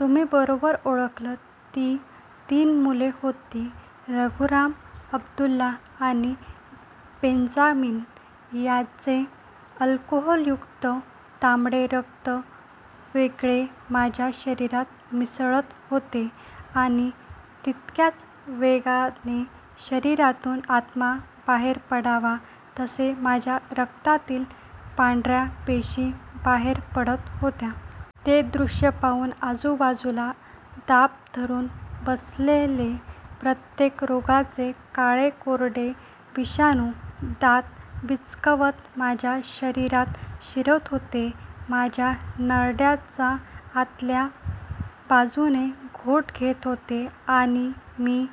तुम्ही बरोबर ओळखलंत! ती तीन मुले होती रघुराम, अब्दुल्ला आणि बेंजामीन. त्यांचे अल्कोहोलयुक्त तांबडे रक्त वेगाने माझ्या शरीरात मिसळत होते आणि तितक्याच वेगाने शरीरातून आत्मा बाहेर पडावा तसे माझ्या रक्तातील पांढर्या पेशी बाहेर पडत होत्या. ते द्रुश्य पाहून आजूबाजूला दबा धरून बसलेले कित्येक रोगांचे काळेकरडे विषाणू, दात विचकावत माझ्या शरीरात शिरत होते. माझ्या नरड्याचा आतल्या बाजूने घोट घेत होते. आणि मी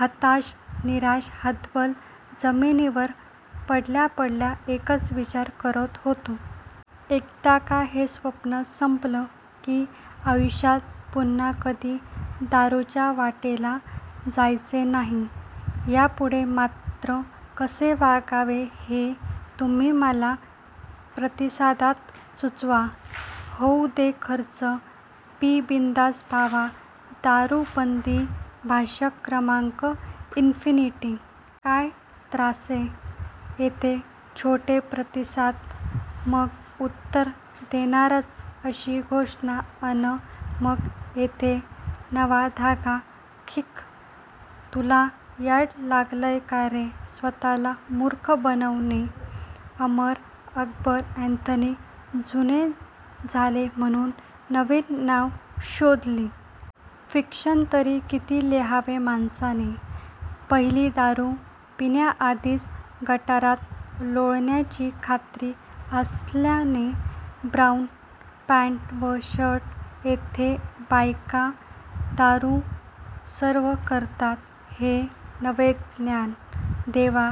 हताश निराश हतबल, जमिनीवर पडल्यापडल्या एकच विचार करत होतो. एकदा का हे स्वप्न संपले, की आयुष्यात पुन्हा कधी दारूच्या वाटेला जायचे नाही. यापुढे मात्र कसे वागावे हे तुम्ही मला प्रतिसादांत सुचवा.. होऊ दे खर्चा.! पी बिनधास्त भावा..!! दारूबंदी भाषण क्र. "" इन्फिनिटी. काय त्रासे! तिथे छोटे प्रतिसाद. मग उत्तर देनारच अशी घोषणा. अन मग इथे नवा धागा. खिक्क! तुला याड लागलय का रे? स्वतःला मूर्ख बनवणे. अमर अकबर अँटनी जुने झाले, म्हणून नवी नांवं शोधली. फिक्शन तरी किती लिहावं माणसाने! पहिली दारू पिण्याआधीच गटारात लोळण्याची खात्री असल्याने ब्राऊन पँट व शर्ट. तिथे बायका दारू सर्व करतात हे नवे ज्ञान! देवा,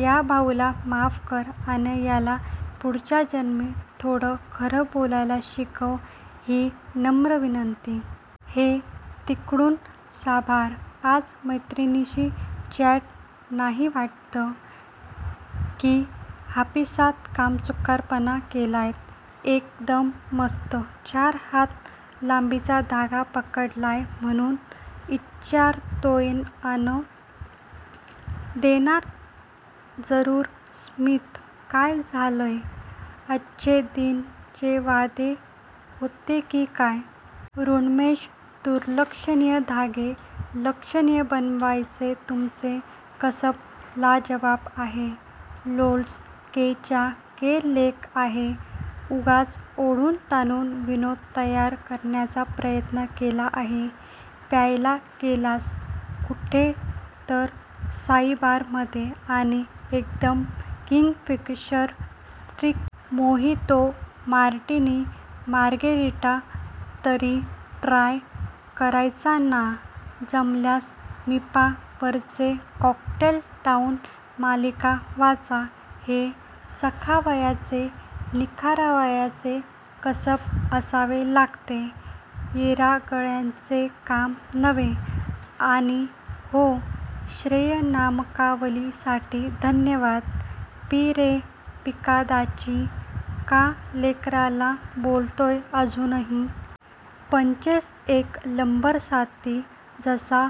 या भाऊला माफ कर, अन याला पुढच्या जन्मी थोडं खरं बोलायला शिकव, ही नम्र विनंती. हे 'तिकडूण' साभार. आज मैत्रिणीशी चॅट नाही वाट्टं? की हापिसात कामचुकारपणा केलात? एकदम मस्त चार हात लांबीचा धागा पाडलात म्हणून इच्चरतोयअन "देणार जरूर स्मित"चं काय झालं? अच्चे दिन चे वादे होते की काय? ऋन्मेष, दुर्लक्षणीय धागे लक्षणीय बनवण्याचे तुमचे कसब लाजवाब आहे. लोल्स!! कै च्या कै लेख आहे. उगीच ओढून ताणून विनोद तयार करायचा प्रयत्न केला आहे. प्यायला गेलात कुठे तर "साईश्रद्धा बार" मध्ये? आणि एकदम Kingfisher strong? Mojito, martini, margarita तरी ट्राय करायचे ना? जमल्यास मिपा वरची कॉकटेल लाऊंज मालिका वाचा. हे चाखायचे, निभावयाचे कसब असावे लागते. येरागबाळ्याचे काम नोहे! आणि हो श्रेयनामावलीसाठी धन्यवाद!! पी रे पीकांदाजी, का लेकराला बोलताय अजूनही?.. पंचेस एक लंबरसाती, तसा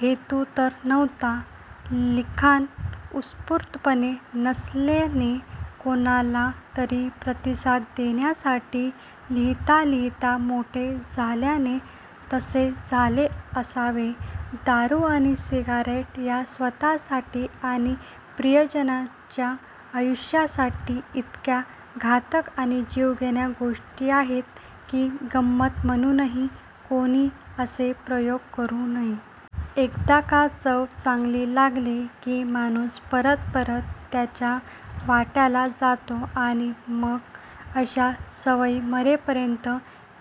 हेतू तर नव्हता. लिखाण उत्स्फुर्त नसल्याने, कोणाला तरी प्रतिसाद देण्यासाठी लिहिता लिहिता मोठे झाल्याने तसे झाले असावे. दारु आणि सिगारेट ह्या स्वतःसाठी आणि प्रियजंनाच्या आयुष्यासाठी इतक्या घातक आणि जीवघेण्या गोष्टी आहेत की गम्मत म्हणूनही कुणी असे प्रयोग करु नये. एकदा का चव चांगली लागली की माणूस परत परत त्याच्या वाट्याला जातो आणि मग अशा सवयी मरेपर्यंत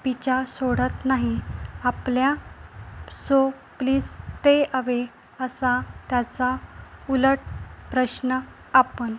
पिच्छा सोडत नाहीत आपला. So please stay away! तर त्याचा उलट प्रश्न, "आपण